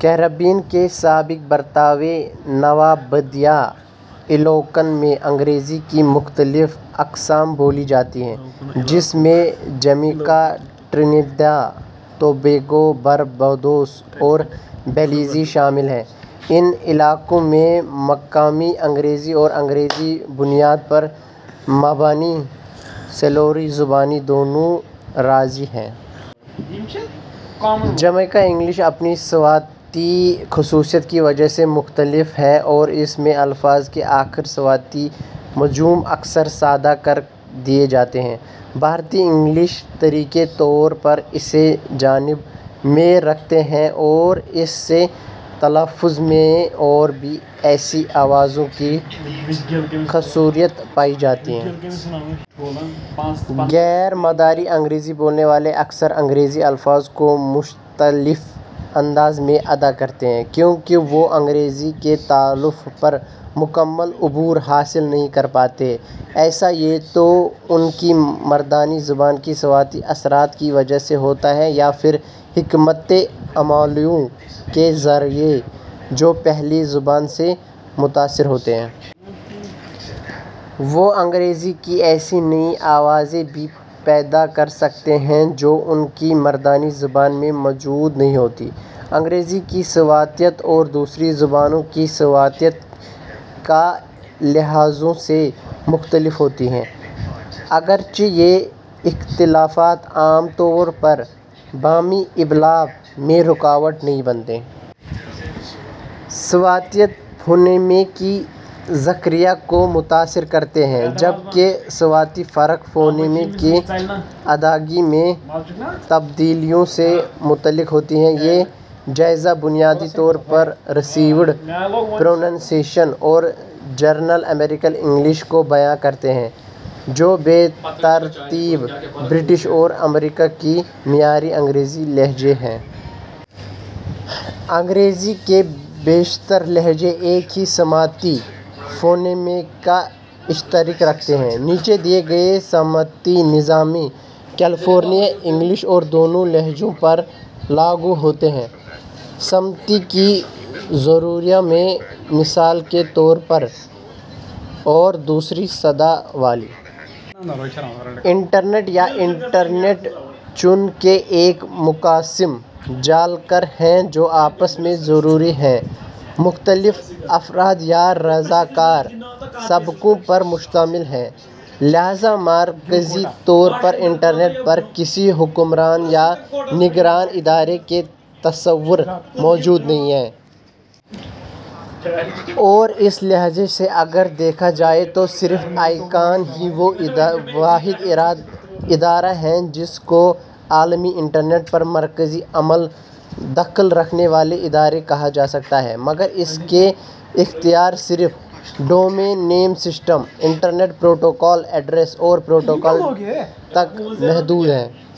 Caribbean کے سابق برطانوی نوآبادیاتی علاقوں میں انگریزی کی مختلف اقسام بولی جاتی ہیں، جن میں جمیکا ، ٹرینیڈاڈ وٹوباگو ، بارباڈوس اور بیلیز شامل ہیں۔ ان علاقوں میں مقامی انگریزی اور انگریزی بنیاد کریول زبانیں دونوں رائج ہیں۔ جمیکائی انگریزی اپنی مصوتی خصوصیات کے باعث سے مختلف ہے اور اس میں لفظوں کے اختتامی صوتی مجموعے اکثر سادہ کر دیے جاتے ہیں۔ بھارتی انگریزی تاریخی طور پر کی جانب مائل رہی ہے اور اس کے تلفظ میں اور جیسی آوازوں کی معکوف ادائیگی نمایاں ہے۔ غیر مادری انگریزی بولنے والے اکثر انگریزی الفاظ کو مختلف انداز میں ادا کرتے ہیں کیونکہ وہ انگریزی کے تلفظ پر مکمل عبور حاصل نہیں کر پاتے۔ ایسا یا تو مادری زبان کے صوتیہ شماری اثرات کے باعث ہوتا ہے یا اُن حکمتِ عملیوں کے ذریعے جو پہلی زبان کے حصول میں استعمال ہوتی ہیں۔ وہ انگریزی کی ایسی نئی آوازیں بھی پیدا کر سکتے ہیں جو ان کی مادری زبان میں موجود نہیں ہوتیں۔ انگریزی صوتیات اور صوتیات مختلف لہجوں میں ایک دوسرے سے مختلف ہیں، اگرچہ یہ اختلافات عموماً باہمی ابلاغ میں رکاوٹ نہیں بنتے۔ صوتیاتی تنوع فونیم کے ذخیرے کو متاثر کرتا ہے، جبکہ صوتی فرق فونیموں کی ادائیگی میں تبدیلیوں سے متعلق ہوتا ہے۔ یہ جائزہ بنیادی طور پر ریسیوڈ پروننسی ایشن اور جنرل امریکن انگریزی کو بیان کرتا ہے، جو بالترتیب برطانیہ اور ریاست ہائے متحدہ امریکہ کی معیاری زبانیں سمجھی جاتی ہیں۔ انگریزی کے بیشتر لہجے ایک ہی مصمتہ فونیموں کا اشتراک رکھتے ہیں۔ ذیل میں دیا گیا مصمتاتی نظام کیلیفورنیا انگریزی اور دونوں پر لاگو ہوتا ہے۔ رکاوٹی مصمتے کی جوڑیوں میں، مثلاً // یا //، پہلا صوت مضبوط اور دوسرا کمزور ہوتا ہے۔ انٹرنیٹ یا انٹرنیٹ چوں کہ ایک منقسم جالکار ہے جو آپس میں جڑے ہوئے مختلف ارادی یا رضاکار شراکوں پر مشتمل ہے، لہذا مرکزی طور پر انٹرنیٹ پہ کسی حکمران یا نگراں ادارے کا تصور موجود نہیں۔ اور اس لحاظ سے اگر دیکھا جائے تو صرف ہی وہ واحد ادارہ ہے جس کو عالمی انٹرنیٹ پر ایک مرکزی عمل دخل رکھنے والا ادارہ کہا جا سکتا ہے، مگر اس کا اختیار شبکی نظام کے صرف domain name, internet protocol address, protocol port اور پیرامیٹر نمبرز تک ہی ہے۔